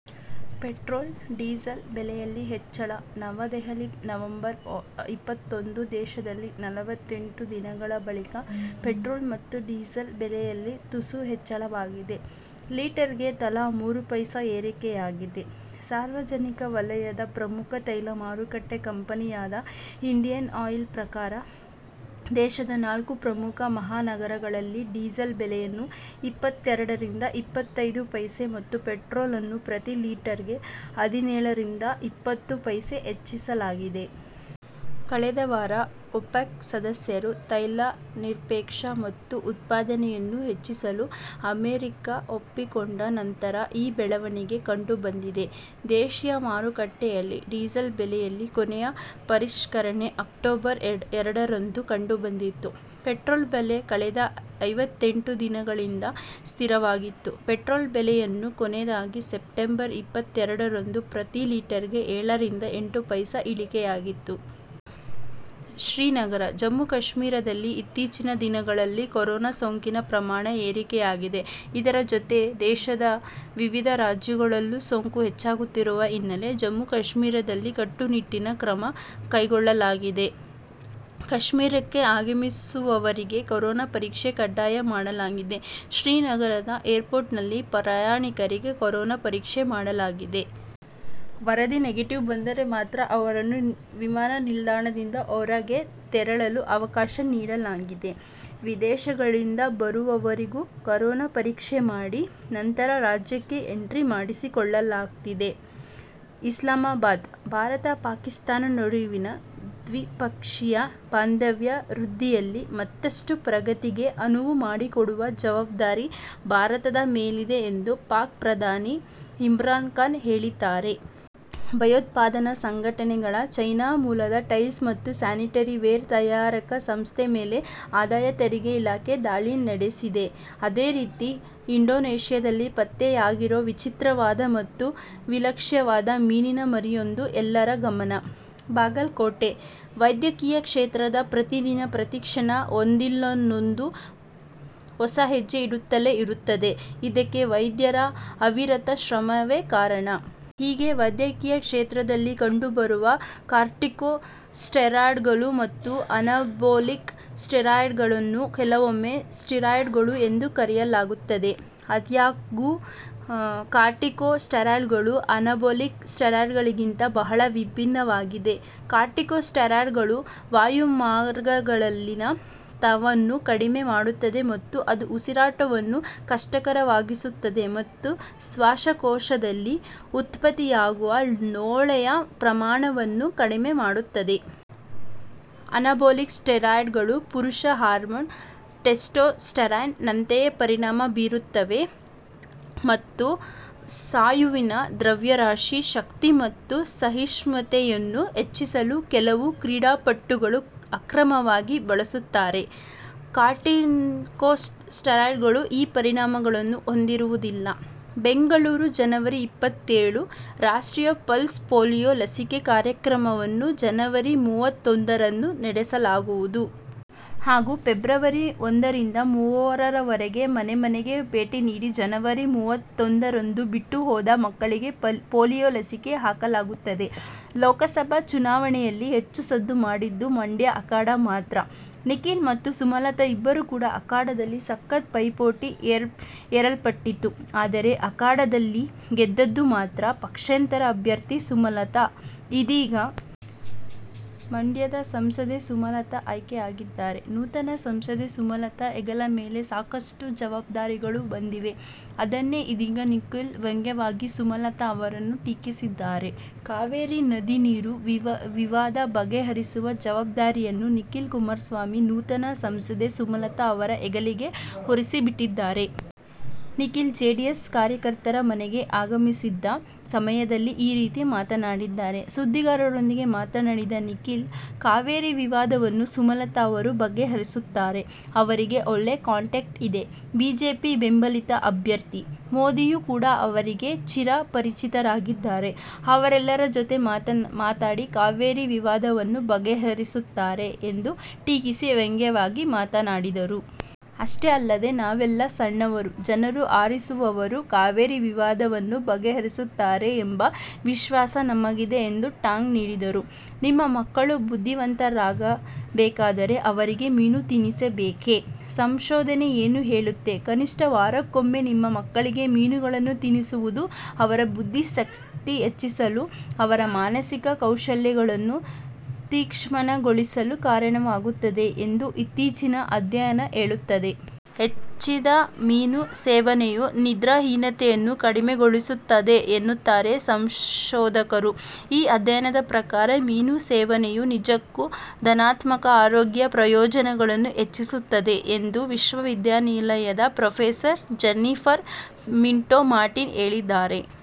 Petrol, diesel ಬೆಲೆಯಲ್ಲಿ ಹೆಚ್ಚಳ Navadehali November ಇಪ್ಪತ್ತೊಂದು ದೇಶದಲ್ಲಿ ನಲವತ್ತೆಂಟು ದಿನಗಳ ಬಳಿಕ ಪೆಟ್ರೋಲ್ ಮತ್ತು ಡೀಸೆಲ್ ಬೆಲೆಯಲ್ಲಿ ತುಸು ಹೆಚ್ಚಳವಾಗಿದೆ. ಲೀಟರ್ ಗೆ ತಲಾ ಮೂರು ಪೈಸೆ ಏರಿಕೆಯಾಗಿದೆ. ಸಾರ್ವಜನಿಕ ವಲಯದ ಪ್ರಮುಖ ತೈಲ ಮಾರುಕಟ್ಟೆ ಕಂಪನಿಯಾದ ಇಂಡಿಯನ್ ಆಯಿಲ್ ಪ್ರಕಾರ, ದೇಶದ ನಾಲ್ಕು ಪ್ರಮುಖ ಮಹಾನಗರಗಳಲ್ಲಿ ಡೀಸೆಲ್ ಬೆಲೆಯನ್ನು ಇಪ್ಪತ್ತೆರಡರಿಂದ ಇಪ್ಪತ್ತೈದು ಪೈಸೆ ಮತ್ತು ಪೆಟ್ರೋಲ್ ಅನ್ನು ಪ್ರತಿ ಲೀಟರ್ ಗೆ ಹದಿನೇಳರಿಂದ ಇಪ್ಪತ್ತು ಪೈಸೆ ಹೆಚ್ಚಿಸಲಾಗಿದೆ. ಕಳೆದ ವಾರ ಒಪೆಕ್ ಸದಸ್ಯರು ತೈಲ ನಿಕ್ಷೇಪ ಮತ್ತು ಉತ್ಪಾದನೆಯನ್ನು ಹೆಚ್ಚಿಸಲು ಅಮೆರಿಕ ಒಪ್ಪಿಕೊಂಡ ನಂತರ ಈ ಬೆಳವಣಿಗೆ ಕಂಡು ಬಂದಿದೆ. ದೇಶೀಯ ಮಾರುಕಟ್ಟೆಯಲ್ಲಿ, ಡೀಸೆಲ್ ಬೆಲೆಯಲ್ಲಿ ಕೊನೆಯ ಪರಿಷ್ಕರಣೆ ಅಕ್ಟೋಬರ್ ಎರಡರಂದು ಕಂಡುಬಂದಿತ್ತು, ಪೆಟ್ರೋಲ್ ಬೆಲೆ ಕಳೆದ ಐವತ್ತೆಂಟು ದಿನಗಳಿಂದ ಸ್ಥಿರವಾಗಿತ್ತು. ಪೆಟ್ರೋಲ್ ಬೆಲೆಯನ್ನು ಕೊನೆಯದಾಗಿ ಸೆಪ್ಟೆಂಬರ್ ಇಪ್ಪತ್ತೆರಡರಂದು ಪ್ರತಿ ಲೀಟರ್ಗೆ ಏಳರಿಂದ ಎಂಟು ಪೈಸೆ ಇಳಿಕೆಯಾಗಿತ್ತು. ಶ್ರೀನಗರ: ಜಮ್ಮು ಕಾಶ್ಮೀರದಲ್ಲಿ ಇತ್ತೀಚಿನ ದಿನಗಳಲ್ಲಿ ಕೊರೊನಾ ಸೋಂಕಿನ ಪ್ರಮಾಣ ಏರಿಕೆಯಾಗಿದೆ. ಇದರ ಜೊತೆ ದೇಶದ ವಿವಿಧ ರಾಜ್ಯಗಳಲ್ಲೂ ಸೋಂಕು ಹೆಚ್ಚಾಗುತ್ತಿರುವ ಹಿನ್ನೆಲೆ ಜಮ್ಮು ಕಾಶ್ಮೀರದಲ್ಲಿ ಕಟ್ಟುನಿಟ್ಟಿನ ಕ್ರಮ ಕೈಗೊಳ್ಳಲಾಗಿದೆ. ಕಾಶ್ಮೀರಕ್ಕೆ ಆಗಮಿಸುವವರಿಗೆ ಕೊರೊನಾ ಪರೀಕ್ಷೆ ಕಡ್ಡಾಯ ಮಾಡಲಾಗಿದೆ. ಶ್ರೀನಗರದ ಏರ್ಪೋರ್ಟ್ನಲ್ಲಿ ಪ್ರಯಾಣಿಕರಿಗೆ ಕೊರೊನಾ ಪರೀಕ್ಷೆ ಮಾಡಲಾಗುತ್ತಿದೆ. ವರದಿ ನೆಗೆಟಿವ್ ಬಂದರೆ ಮಾತ್ರ ಅವರನ್ನ ವಿಮಾನ ನಿಲ್ದಾಣದಿಂದ ಹೊರಗೆ ತೆರಳಲು ಅವಕಾಶ ನೀಡಲಾಗಿದೆ. ವಿದೇಶಗಳಿಂದ ಬರುವವರಿಗೂ ಕೊರೊನಾ ಪರೀಕ್ಷೆ ಮಾಡಿ ನಂತರ ರಾಜ್ಯಕ್ಕೆ ಎಂಟ್ರಿ ಮಾಡಿಸಿಕೊಳ್ಳಲಾಗ್ತಿದೆ. ಇಸ್ಲಾಮಾಬಾದ್: ಭಾರತ-ಪಾಕಿಸ್ತಾನ ನಡುವಿನ ದ್ವಿಪಕ್ಷೀಯ ಬಾಂಧವ್ಯ ವೃದ್ಧಿಯಲ್ಲಿ ಮತ್ತಷ್ಟು ಪ್ರಗತಿಗೆ ಅನುವು ಮಾಡಿಕೊಡುವ ಜವಾಬ್ದಾರಿ ಭಾರತದ ಮೇಲಿದೆ ಎಂದು ಪಾಕ್ ಪ್ರಧಾನಿ ಇಮ್ರಾನ್ಖಾನ್ ಹೇಳಿದ್ದಾರೆ. ಭಯೋತ್ಪಾದಕ ಸಂಘಟನೆಗಳಚೆನ್ನೈ ಮೂಲದ ಟೈಲ್ಸ್ ಮತ್ತು ಸ್ಯಾನಿಟರಿ ವೇರ್ ತಯಾರಕ ಸಂಸ್ಥೆ ಮೇಲೆ ಆದಾಯ ತೆರಿಗೆ ಇಲಾಖೆ ದಾಳಿ ನಡೆಸಿದೆ. ಅದೇ ರೀತಿ ಇಂಡೋನೇಷ್ಯಾದಲ್ಲಿ ಪತ್ತೆಯಾಗಿರೋ ವಿಚಿತ್ರವಾದ ಮತ್ತು ವಿಲಕ್ಷಣವಾದ ಮೀನಿನ ಮರಿಯೊಂದು ಎಲ್ಲರ ಗಮನಬಾಗಲಕೋಟೆ: ವೈದ್ಯಕೀಯ ಕ್ಷೇತ್ರ ಪ್ರತಿದಿನ, ಪ್ರತಿಕ್ಷಣ ಒಂದಿಲ್ಲೊಂದು ಹೊಸ ಹೆಜ್ಜೆ ಇಡುತ್ತಲೇ ಇರುತ್ತದೆ, ಇದಕ್ಕೆ ವೈದ್ಯರ ಅವಿರತ ಶ್ರಮವೇ ಕಾರಣ. ಹೀಗೆ ವೈದ್ಯಕೀಯ ಕ್ಷೇತ್ರದಲ್ಲಿ ಕಂಡು ಬರುವ ಕಾರ್ಟಿಕೊ ಸ್ಟೆರಾಯ್ಡ್ಗಳು ಮತ್ತು ಅನಾಬೊಲಿಕ್ ಸ್ಟೀರಾಯ್ಡ್ಗಳನ್ನು ಕೆಲವೊಮ್ಮೆ ಸ್ಟೀರಾಯ್ಡ್ಗಳು ಎಂದು ಕರೆಯಲಾಗುತ್ತದೆ. ಆದಾಗ್ಯೂ, ಕಾರ್ಟಿಕೊ ಸ್ಟೆರಾಯ್ಡ್ಗಳು ಅನಾಬೊಲಿಕ್ ಸ್ಟೀರಾಯ್ಡ್ಗಳಿಗಿಂತ ಬಹಳ ಭಿನ್ನವಾಗಿವೆ. ಕಾರ್ಟಿಕೊ ಸ್ಟೆರಾಯ್ಡ್ಗಳು ವಾಯುಮಾರ್ಗಗಳಲ್ಲಿನ ತವನ್ನು ಕಡಿಮೆ ಮಾಡುತ್ತದೆ ಮತ್ತು ಅದು ಉಸಿರಾಟವನ್ನು ಕಷ್ಟಕರವಾಗಿಸುತ್ತದೆ ಮತ್ತು ಶ್ವಾಸಕೋಶದಲ್ಲಿ ಉತ್ಪತ್ತಿಯಾಗುವ ಲೋಳೆಯ ಪ್ರಮಾಣವನ್ನು ಕಡಿಮೆ ಮಾಡುತ್ತದೆ. ಅನಾಬೊಲಿಕ್ ಸ್ಟೀರಾಯ್ಡ್ಗಳು ಪುರುಷ ಹಾರ್ಮೋನ್ ಟೆಸ್ಟೋಸ್ಟೆರಾನ್ ನಂತೆಯೇ ಪರಿಣಾಮ ಬೀರುತ್ತವೆ ಮತ್ತು ಸ್ನಾಯುವಿನ ದ್ರವ್ಯರಾಶಿ, ಶಕ್ತಿ ಮತ್ತು ಸಹಿಷ್ಣುತೆಯನ್ನು ಹೆಚ್ಚಿಸಲು ಕೆಲವು ಕ್ರೀಡಾಪಟುಗಳು ಅಕ್ರಮವಾಗಿ ಬಳಸುತ್ತಾರೆ. ಕಾರ್ಟಿಕೊಸ್ಟೆರಾಯ್ಡ್ಗಳು ಈ ಪರಿಣಾಮಗಳನ್ನು ಹೊಂದಿರುವುದಿಲ್ಲ. ಬೆಂಗಳೂರು, ಜನವರಿ ಇಪ್ಪತ್ತೇಳು: ರಾಷ್ಟ್ರೀಯ ಪಲ್ಸ್ ಪೋಲೀಯೋ ಲಸಿಕಾ ಕಾರ್ಯಕ್ರಮವನ್ನು ಜನವರಿ ಮೂವತ್ತೊಂದರಂದು ನಡೆಸಲಾಗುವುದು. ಹಾಗೂ ಫೆಬ್ರವರಿ ಒಂದರಿಂದ ಮೂರರವರೆಗೆ ಮನೆ ಮನೆಗೆ ಭೇಟಿ ನೀಡಿ ಜನವರಿ. ಮೂವತ್ತೊಂದರಂದು ಬಿಟ್ಟು ಹೋದ ಮಕ್ಕಳಿಗೆ ಪೋಲಿಯೋ ಲಸಿಕೆ ಹಾಕಲಾಗುತ್ತದೆ. ಲೋಕಸಭಾ ಚುನಾವಣೆಯಲ್ಲಿ ಹೆಚ್ಚು ಸದ್ದು ಮಾಡಿದ್ದು ಮಂಡ್ಯ ಅಖಾಡ ಮಾತ್ರ.. ನಿಖಿಲ್ ಮತ್ತು ಸುಮಲತಾ ಇಬ್ಬರು ಕೂಡ ಅಖಾಡದಲ್ಲಿ ಸಖತ್ ಪೈಪೋಟಿ ಏರ್ಪಟ್ಟಿತ್ತು.. ಆದರೆ ಅಖಾಡದಲ್ಲಿ ಗೆದ್ದಿದ್ದು ಮಾತ್ರ ಪಕ್ಷೇತರ ಅಭ್ಯರ್ಥಿ ಸುಮಲತಾ. ಇದೀಗ ಮಂಡ್ಯದ ಸಂಸದೆ ಸುಮಲತಾ ಆಯ್ಕೆ ಆಗಿದ್ದಾರೆ. ನೂತನ ಸಂಸದೆ ಸುಮಲತಾ ಹೆಗಲ ಮೇಲೆ ಸಾಕಷ್ಟು ಜವಬ್ಧಾರಿಗಳು ಬಂದಿವೆ. ಅದನ್ನೆ ಇದೀಗ ನಿಖಿಲ್ ವ್ಯಂಗ್ಯವಾಗಿ ಸುಮಲತಾ ಅವರನ್ನು ಟೀಕಿಸಿದ್ದಾರೆ. ಕಾವೇರಿ ನದಿ ನೀರು ವಿವಾದ ಬಗೆಹರಿಸುವ ಜವಬ್ದಾರಿಯನ್ನು ನಿಖಿಲ್ ಕುಮಾರಸ್ವಾಮಿ ನೂತನ ಸಂಸದೆ ಸುಮಲತಾ ಅವರ ಹೆಗಲಿಗೆ ಹೊರಸಿ ಬಿಟ್ಟಿದ್ದಾರೆ. ನಿಖಿಲ್ ಜೆಡಿಎಸ್ ಕಾರ್ಯಕರ್ತರ ಮನೆಗೆ ಆಗಮಿಸಿದ್ದ ಸಮಯದಲ್ಲಿ ಈ ರೀತಿ ಮಾತನಾಡಿದ್ದಾರೆ. ಸುದ್ದಿಗಾರರೊಂದಿಗೆ ಮಾತನಾಡಿದ ನಿಖಿಲ್ ಕಾವೇರಿ ವಿವಾದವನ್ನು ಸುಮಲತಾ ಅವರು ಬಗೆ ಹರಿಸುತ್ತಾರೆ. ಅವರಿಗೆ ಒಳ್ಳೆಯ ಕಾಂಟ್ಯಾಕ್ಟ್ಸ್ ಇದೆ.. ಬಿಜೆಪಿ ಬೆಂಬಲಿತ ಅಭ್ಯರ್ಥಿ. ಮೋದಿಯು ಕೂಡ ಅವರಿಗೆ ಚಿರ ಪರಿಚಿತರಾಗಿದ್ದಾರೆ. ಅವರೆಲ್ಲರ ಜೊತೆ ಮಾತಾಡಿ ಕಾವೇರಿ ವಿವಾದವನ್ನು ಬಗೆಹರಿಸುತ್ತಾರೆ ಎಂದು ಟೀಕಿಸಿ ವ್ಯಂಗ್ಯವಾಗಿ ಮಾತನಾಡಿದರು. ಅಷ್ಟೆ ಅಲ್ಲದೆ ನಾವೆಲ್ಲ ಸಣ್ಣವರು, ಜನರು ಆರಿಸಿರುವವರು ಕಾವೇರಿ ವಿವಾದವನ್ನು ಬಗೆಹರಿಸುತ್ತಾರೆ ಎಂಬ ವಿಶ್ವಾಸ ನಮಗಿದೆ ಎಂದು ಟಾಂಗ್ ನೀಡಿದರು. ನಿಮ್ಮ ಮಕ್ಕಳು ಬುದ್ಧಿವಂತರಾಗ ಬೇಕಾದರೆ ಅವರಿಗೆ ಮೀನು ತಿನ್ನಿಸಬೇಕೇ; ಸಂಶೋಧನೆ ಏನು ಹೇಳುತ್ತೆ ಕನಿಷ್ಠ ವಾರಕ್ಕೊಮ್ಮೆ ನಿಮ್ಮ ಮಕ್ಕಳಿಗೆ ಮೀನುಗಳನ್ನು ತಿನ್ನಿಸುವುದು ಅವರ ಬುದ್ಧಿ ಶಕ್ತಿ ಹೆಚ್ಚಿಸಲು, ಅವರ ಮಾನಸಿಕ ಕೌಶಲ್ಯಗಳನ್ನು ತೀಕ್ಷ್ಣಗೊಳಿಸಲು ಕಾರಣವಾಗುತ್ತದೆ ಎಂದು ಇತ್ತೀಚಿನ ಅಧ್ಯಯನ ಹೇಳುತ್ತದೆ. ಹೆಚ್ಚಿದ ಮೀನು ಸೇವನೆಯು ನಿದ್ರಾಹೀನತೆಯನ್ನು ಕಡಿಮೆಗೊಳಿಸುತ್ತದೆ ಎನ್ನುತ್ತಾರೆ ಸಂಶೋಧಕರು. ಈ ಅಧ್ಯಯನದ ಪ್ರಕಾರ "ಮೀನು ಸೇವನೆಯು ನಿಜಕ್ಕೂ ಧನಾತ್ಮಕ ಆರೋಗ್ಯ ಪ್ರಯೋಜನಗಳನ್ನು ಹೆಚ್ಚಿಸುತ್ತದೆ" ಎಂದು ವಿಶ್ವವಿದ್ಯಾನಿಲಯದ ಪ್ರೊಫೆಸರ್ ಜೆನ್ನಿಫರ್ ಪಿಂಟೊ ಮಾರ್ಟಿನ್ ಹೇಳಿದ್ದಾರೆ.